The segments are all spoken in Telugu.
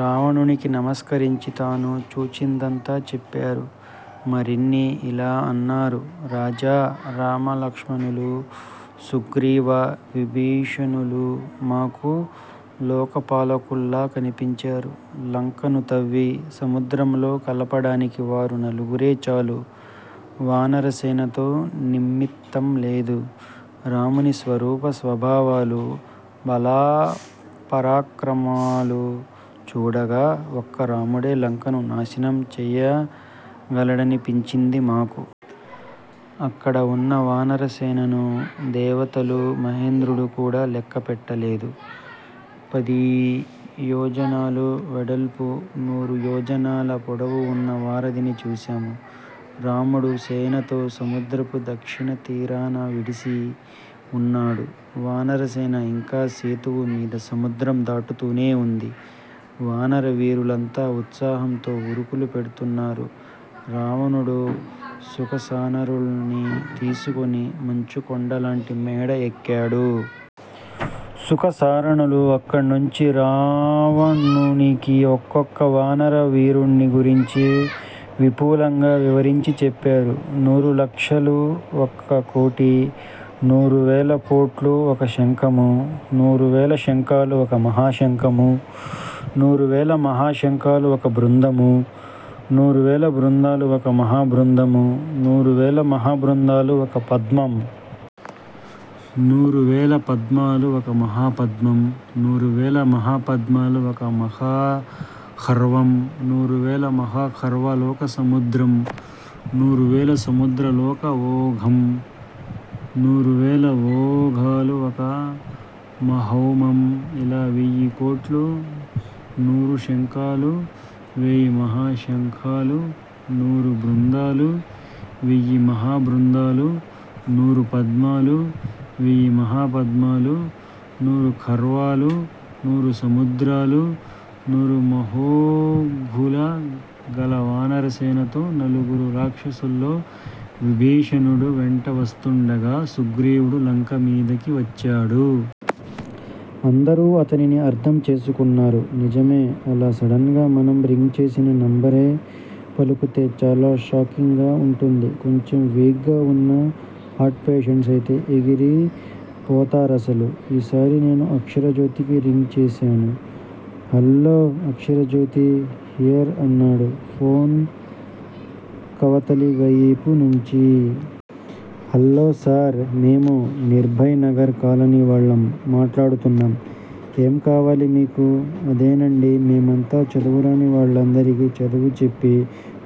రావణునికి నమస్కరించి తాను చూచిదంతా చెప్పారు. మరిన్నీ ఇలా అన్నారు. రాజా! రామలక్ష్మణులూ, సుగ్రీవ, విభీషణులూ మాకు లోకపాలకుల్లా కనిపించారు. లంకను తవ్వి, సముద్రంలో కలపడానికి వారు నలుగురే చాలు. వానరసేనతో నిమిత్తంలేదు. రాముని స్వరూప స్వభావాలూ, బలపరాక్రమాలు చూడగా ఒక్క రాముడే లంకను నాశనం చేయగలడనిపించింది మాకు. అక్కడవున్న వానరసేనను దేవతలూ, మహేంద్రుడు కూడా లెక్కపెట్టలేదు. పది యోజనాలు వెడల్పూ, నూరు యోజనాల పొడవూ వున్న వారధిని చూశాం. రాముడు సేనతో సముద్రపు దక్షిణ తీరాన విడిసి వున్నాడు. వానరసేన ఇంకా సేతువు మీద సముద్రం దాటుతూనే వుంది. వానరవీరులంతా ఉత్సాహంతో ఉరుకులు పెడ్తున్నారు. రావణుడు శుకసారణుల్ను తీసుకొని మంచుకొండలాంటి మేడ ఎక్కాడు. శుకసారణులు అక్కణ్ణుంచి రావణునికి ఒక్కొక్క వానర వీరుణ్ణి గురించి విపులంగా వివరించి చెప్పారు. నూరు లక్షలు ఒక కోటి. నూరు వేల కోట్లు ఒక శంఖం. నూరు వేల శంఖాలు ఒక మహాశంఖం. నూరువేల మహాశంఖాలు ఒక బృందం. నూరువేల బృందాలు ఒక మహాబృందం. నూరువేల మహాబృందాలు ఒక పద్మం. నూరువేల పద్మాలు ఒక మహాపద్మం. నూరువేల మహాపద్మాలు ఒక మహాఖర్వం. నూరువేల మహాఖర్వాలొక సముద్రం. నూరువేల సముద్రాలొక ఓఘం. నూరువేల ఓఘాలు ఒక మహౌమం. ఇలా వెయ్యికోట్లూ, నూరు శంఖాలూ, వేయి మహాశంఖాలూ, నూరు బృందాలూ, వెయ్యిమహా బృందాలూ, నూరు పద్మాలూ, వెయ్యి మహాపద్మాలూ, నూరు ఖర్వాలూ, నూరు సముద్రాలూ, నూరు మహౌఘాలూ గల వానరసేనతో, నలుగురు రాక్షసుల్తో విభీషణుడు వెంట వస్తుండగా సుగ్రీవుడు లంకమీదికి వచ్చాడు. అందరూ అతనిని అర్థం చేసుకున్నారు. నిజమే! అలా సడెన్ గా మనం రింగ్ చేసిన నెంబరే పలుకుతే చాలా షాకింగ్ గా వుంటుంది. కొంచెం వీక్ గా ఉన్న హార్ట్ పేషెంట్స్ అయితే ఎగిరి పోతారసలు ఈసారి నేను అక్షరజ్యోతికి రింగ్ చేశాను. హల్లో అక్షరజ్యోతి హియర్ అన్నాడు ఫోన్ కవతలివైపు నుంచీ. Hello sir. మేము నిర్భయ్ నగర్ కాలనీ వాళ్ళం మాట్లాడుతున్నాం ఏం కావాలి మీకు? అదేనండీ! మేమంతా చదువురాని వాళ్ళందరికీ చదువు చెప్పి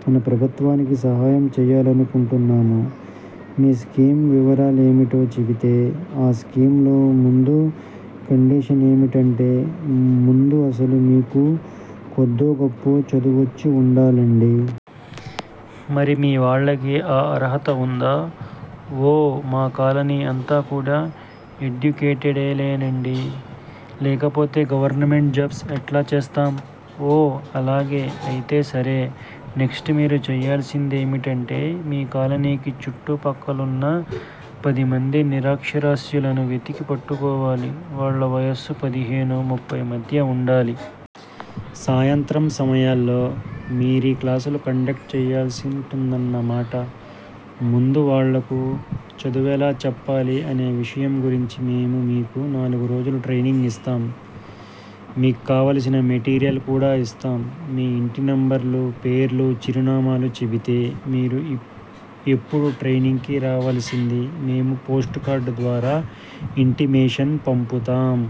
మన ప్రభుత్వానికి సహాయం చేయాలనుకుంటున్నాం. మీ స్కీమ్ వివరాలేమిటో చెపితే? ఆ స్కీమ్ లో ముందు కండిషనేమిటంటే ముందు అసలు మీకు కొద్దో గొప్పో చదువొచ్చి ఉండాలండీ! మరి మీ వాళ్ళకి. ఆ అర్హత ఉందా? ఓ మా కాలనీ అంతా కూడా ఎడ్యుకేటెడేలెండి. లేకపోతే గవర్నమెంట్ జాబ్స్ ఎట్లా చేస్తాం? ఓ! అలాగా! అయితే సరే! నెక్ట్స్ మీరు చేయాల్సిందేమిటంటే మీ కాలనీకి చుట్టు పక్కలున్న పదిమంది నిరక్షరాస్యులను వెతికి పట్టుకోవాలి. వాళ్ళ వయసు పదిహేనూ ముఫ్పై మధ్య ఉండాలి. సాయంత్రం సమయాల్లో మీరీ క్లాసులు కండక్ట్ చేయాల్సుంటుందన్నమాట. ముందు వాళ్ళకు చదువెలా చెప్పాలీ అనే విషయం గురించి మేము మీకు నాలుగు రోజులు ట్రైనింగ్ ఇస్తాం! మీక్కావలసిన మెటీరియల్ కూడా ఇస్తాం. మీ ఇంటి నెంబర్లు, పేర్లు, చిరునామాలు చెపితే మీరు ఎప్పుడు ట్రైనింగ్ కి రావలసిందీ మేమే పోస్ట్ కార్డ్ ద్వారా ఇంటిమేషన్ పంపుతాం!